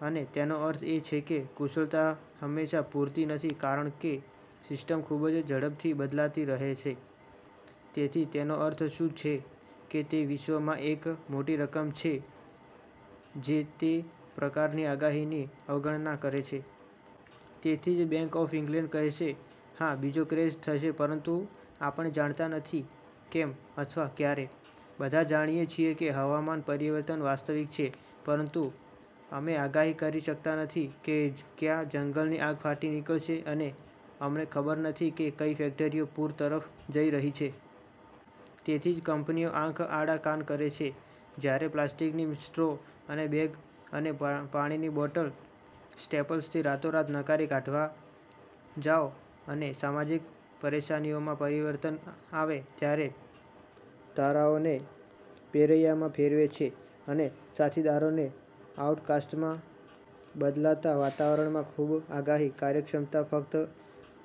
અને તેનો અર્થ એ છે કે કુશળતા હંમેશાં પૂરતી નથી કારણ કે સિસ્ટમ ખૂબ જ ઝડપથી બદલાતી રહે છે. તેથી તેનો અર્થ શું છે કે તે વિશ્વમાં એક મોટી રકમ છે જે તે પ્રકારની આગાહીની અવગણના કરે છે. તેથી જ બેંક ઓફ ઇંગ્લેંડ કહેશે, "હા, બીજો ક્રેશ થશે પરંતુ આપણે જાણતા નથી કેમ અથવા ક્યારે." બધા જાણીએ છીએ કે હવામાન પરિવર્તન વાસ્તવિક છે પરંતુ અમે આગાહી કરી શકતા નથી કે ક્યાં જંગલની આગ ફાટી નીકળશે અને અમને ખબર નથી કે કઈ ફેકટરીઓ પૂર તરફ જઈ રહી છે. તેથી જ કંપનીઓ આંખ આડા કાન કરે છે જ્યારે પ્લાસ્ટિકની સ્ટ્રો અને બેગ અને પાણીની બૉટલ સ્ટેપલ્સથી રાતોરાત નકારી કાઢવા જાઓ અને સામાજિક પરેશાનીમાં પરિવર્તન આવે ત્યારે તારાઓને પેરૈયામાં ફેરવે છે અને સાથીદારોને આઉટકાસ્ટમાં. બદલાતા વાતાવરણમાં ખૂબ આગાહી, કાર્યક્ષમતા ફક્ત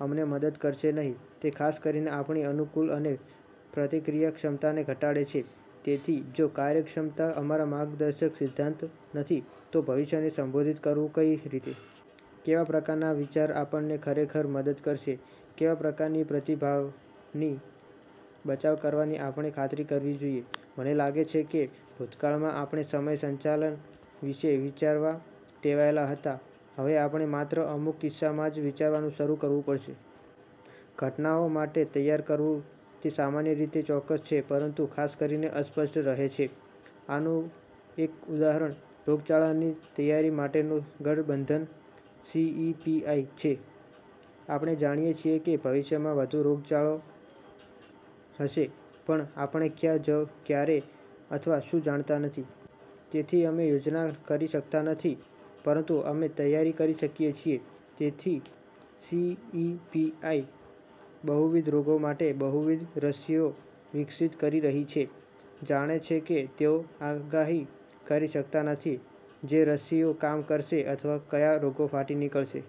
અમને મદદ કરશે નહીં, તે ખાસ કરીને આપણી અનુકૂલન અને પ્રતિક્રિયા ક્ષમતાને ઘટાડે છે. તેથી જો કાર્યક્ષમતા અમારા માર્ગદર્શક સિદ્ધાંત નથી તો ભવિષ્યને સંબોધિત કરવું કઈ રીતે? કેવાં પ્રકારના વિચાર આપણને ખરેખર મદદ કરશે? કેવા પ્રકારની પ્રતિભાની બચાવ કરવાની આપણે ખાતરી રાખવી જોઈએ? મને લાગે છે કે ભૂતકાળમાં આપણે સમય સંચાલન વિશે વિચારવાં ટેવાયેલા હતા. હવે આપણે માત્ર અમુક કિસ્સામાં જ વિચારવાનું શરૂ કરવું પડશે. ઘટનાઓ માટે તૈયાર કરવું તે સામાન્ય રીતે ચોક્કસ છે પરંતુ ખાસ કરીને અસ્પષ્ટ રહે છે. આનું એક ઉદાહરણ, રોગચાળાની તૈયારી માટેનું ગઠબંધન સી.ઈ.પી.આઈ છે. આપણે જાણીએ છીએ કે ભવિષ્યમાં વધુ રોગચાળો હશે પણ આપણે ક્યાં, ક્યારે અથવા શું જાણતા નથી. તેથી અમે યોજના કરી શકતા નથી પરંતુ અમે તૈયાર કરી શકીએ છીએ. તેથી સી.ઈ.પી.આઈ બહુવિધ રોગો માટે બહુવિધ રસીઓ વિકસિત કરી રહી છે. જાણે છે કે તેઓ આગાહી કરી શકતા નથી જે રસીઓ કામ કરશે અથવા કયા રોગો ફાટી નીકળશે.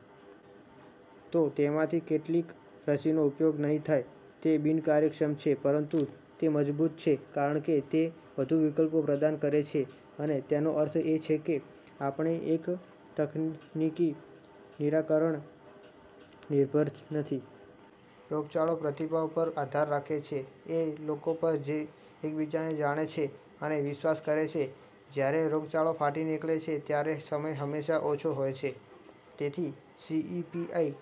તો તેમાંથી કેટલીક રસીનો ઉપયોગ નહીં થાય. તે બિનકાર્યક્ષમ છે પરંતુ તે મજબૂત છે કારણ કે તે વધુ વિકલ્પો પ્રદાન કરે છે અને તેનો અર્થ એ છે કે આપણે એક તકનીકી નિરાકરણ નિર્ભર નથી. રોગચાળો પ્રતિભાવ પર ભારે આધાર રાખે છે એ લોકો પર જે એકબીજાને જાણે છે અને વિશ્વાસ કરે છે. જ્યારે રોગચાળો ફાટી નીકળે છે ત્યારે સમય હંમેશા ઓછો હોય છે. તેથી સી.ઈ.પી.આઈ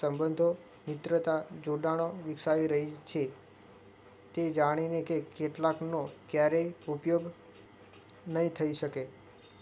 સંબંધો, મિત્રતા, જોડાણો વિકસાવી રહી છે તે જાણીને કે કેટલાકનો ક્યારેય ઉપયોગ નઈ થઈ શકે.